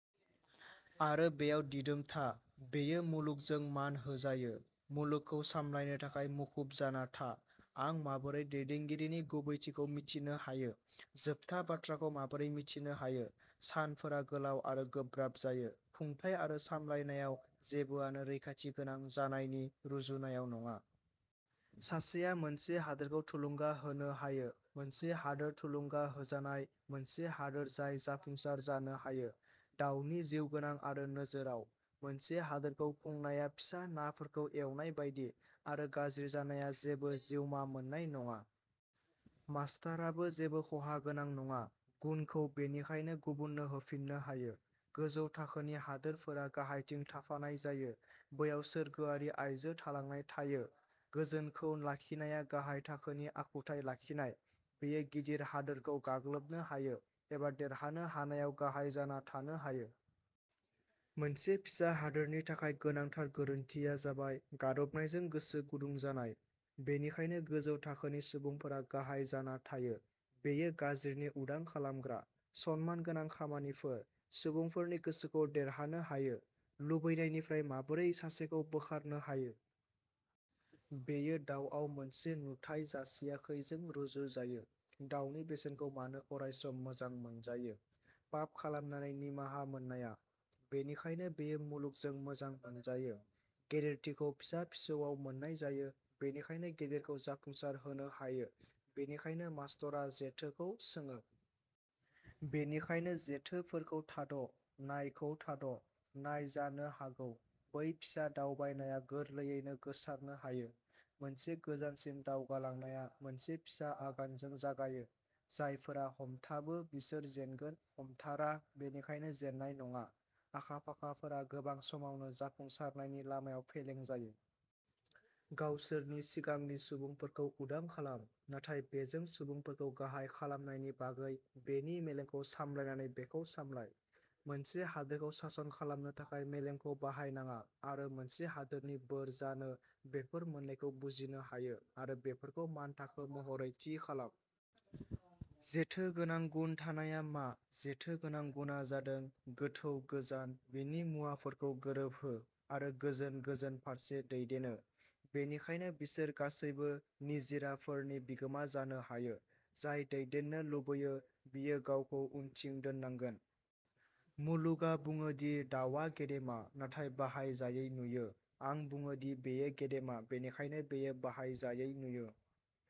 आरो बेयाव दिदोम था। बेयो मुलुगजों मान होजायो। मुलुगखौ सामलायनो थाखाय मुखुब जाना था। आं माबोरै दैदेनगिरिनि गुबैथिखौ मिथिनो हायो? जोबथा बाथ्राखौ माबोरै मिथिनो हायो? सानफोरा गोलाव आरो गोब्राब जायो। खुंथाय आरो सामलायनायाव, जेबोआनो रैखाथिगोनां जानायनि रुजुनायाव नङा। सासेया मोनसे हादोरखौ थुलुंगा होनो हायो। मोनसे हादोर थुलुंगा होजानाय, मोनसे हादोर जाय जाफुंसार जानो हायो। दावनि जिउगोनां आरो नोजोरआव। मोनसे हादोरखौ खुंनाया फिसा नाफोरखौ एवनाय बायदि। आरो गाज्रि जानाया जेबो जिउमा मोन्नाय नङा। मास्तराबो जेबो खहागोनां नङा। गुनखौ बेनिखायनो गुबुननो होफिननो हायो। गोजौ थाखोनि हादोरफोरा गाहायथिं थाफानाय जायो। बैयाव सोरगोआरि आइजो थालांनाय थायो। गोजोनखौ लाखिनाया गाहाय थाखोनि आखुथाय लाखिनाय। बेयो गिदिर हादोरखौ गाग्लोबनो हायो। एबा देरहानो हानायाव गाहाय जाना थानो हायो। मोनसे फिसा हादोरनि थाखाय गोनांथार गोरोन्थिआ जाबाय गादबनायजों गोसो गुदुं जानाय। बेनिखायनो गोजौ थाखोनि सुबुंफोरा गाहाय जाना थायो। बेयो गाज्रिनि उदां खालामग्रा। सनमानगोनां खामानिफोर। सुबुंफोरनि गोसोखौ देरहानो हायो। लुबैनायनिफ्राय माबोरै सासेखौ बोखारनो हायो? बेयो दावआव मोनसे नुथाय जासियाखैजों रुजुजायो। दावनि बेसेनखौ मानो अरायसम मोजां मोनजायो? पाप खालामनानै निमाहा मोननाया? बेनिखायनो बेयो मुलुगजों मोजां मोनजायो। गेदेरथिखौ फिसा-फिसौआव मोन्नाय जायो। बेनिखायनो गेदेरखौ जाफुंसारहोनो हायो। बेनिखायनो मास्तरआ जेथोखौ सोङो। बेनिखायनो जेथोफोरखौ थाद "नायखौ थाद" नाय जानो हागौ। बै फिसा दावबायनाया गोरलैयैनो गोसारनो हायो। मोनसे गोजानसिम दावगालांनाया मोनसे फिसा आगानजों जागायो। जायफोरा हमथाबो बिसोर जेनगोन। हमथारा, बेनिखायनो जेननाय नङा। आखा-फाखाफोरा गोबां समावनो जाफुंसारनायनि लामायाव फेलें जायो। गावसोरनि सिगांनि सुबुंफोरखौ उदां खालाम। नाथाय बेजों सुबुंफोरखौ गाहाय खालामनायनि बागै। बेनि मेलेमखौ सामलायनानै बेखौ सामलाय। मोनसे हादोरखौ सासन खालामनो थाखाय मेलेमखौ बाहायनाङा, आरो मोनसे हादोरनि बोर जानो। बेफोर मोननैखौ बुजिनो हायो, आरो बेफोरखौ मानथाखो महरै थि खालाम। जेथो गोनां गुन थानायआ मा। जेथो गोनां गुनआ जादों। गोथौ! गोजान! बिनि मुवाफोरखौ गोरोबहो! आरो गोजोन गोजोन फारसे दैदेनो। बेनिखायनो बिसोर गासैबो निजिराफोरनि बिगोमा जानो हायो। जाय दैदेननो लुबैयो, बियो गावखौ उनथिं दोननांगोन। मुलुगआ बुङो दि दावआ गेदेमा, नाथाय बाहायजायै नुयो। आं बुङो दि बेयो गेदेमा, बेनिखायनो बेयो बाहायजायै नुयो।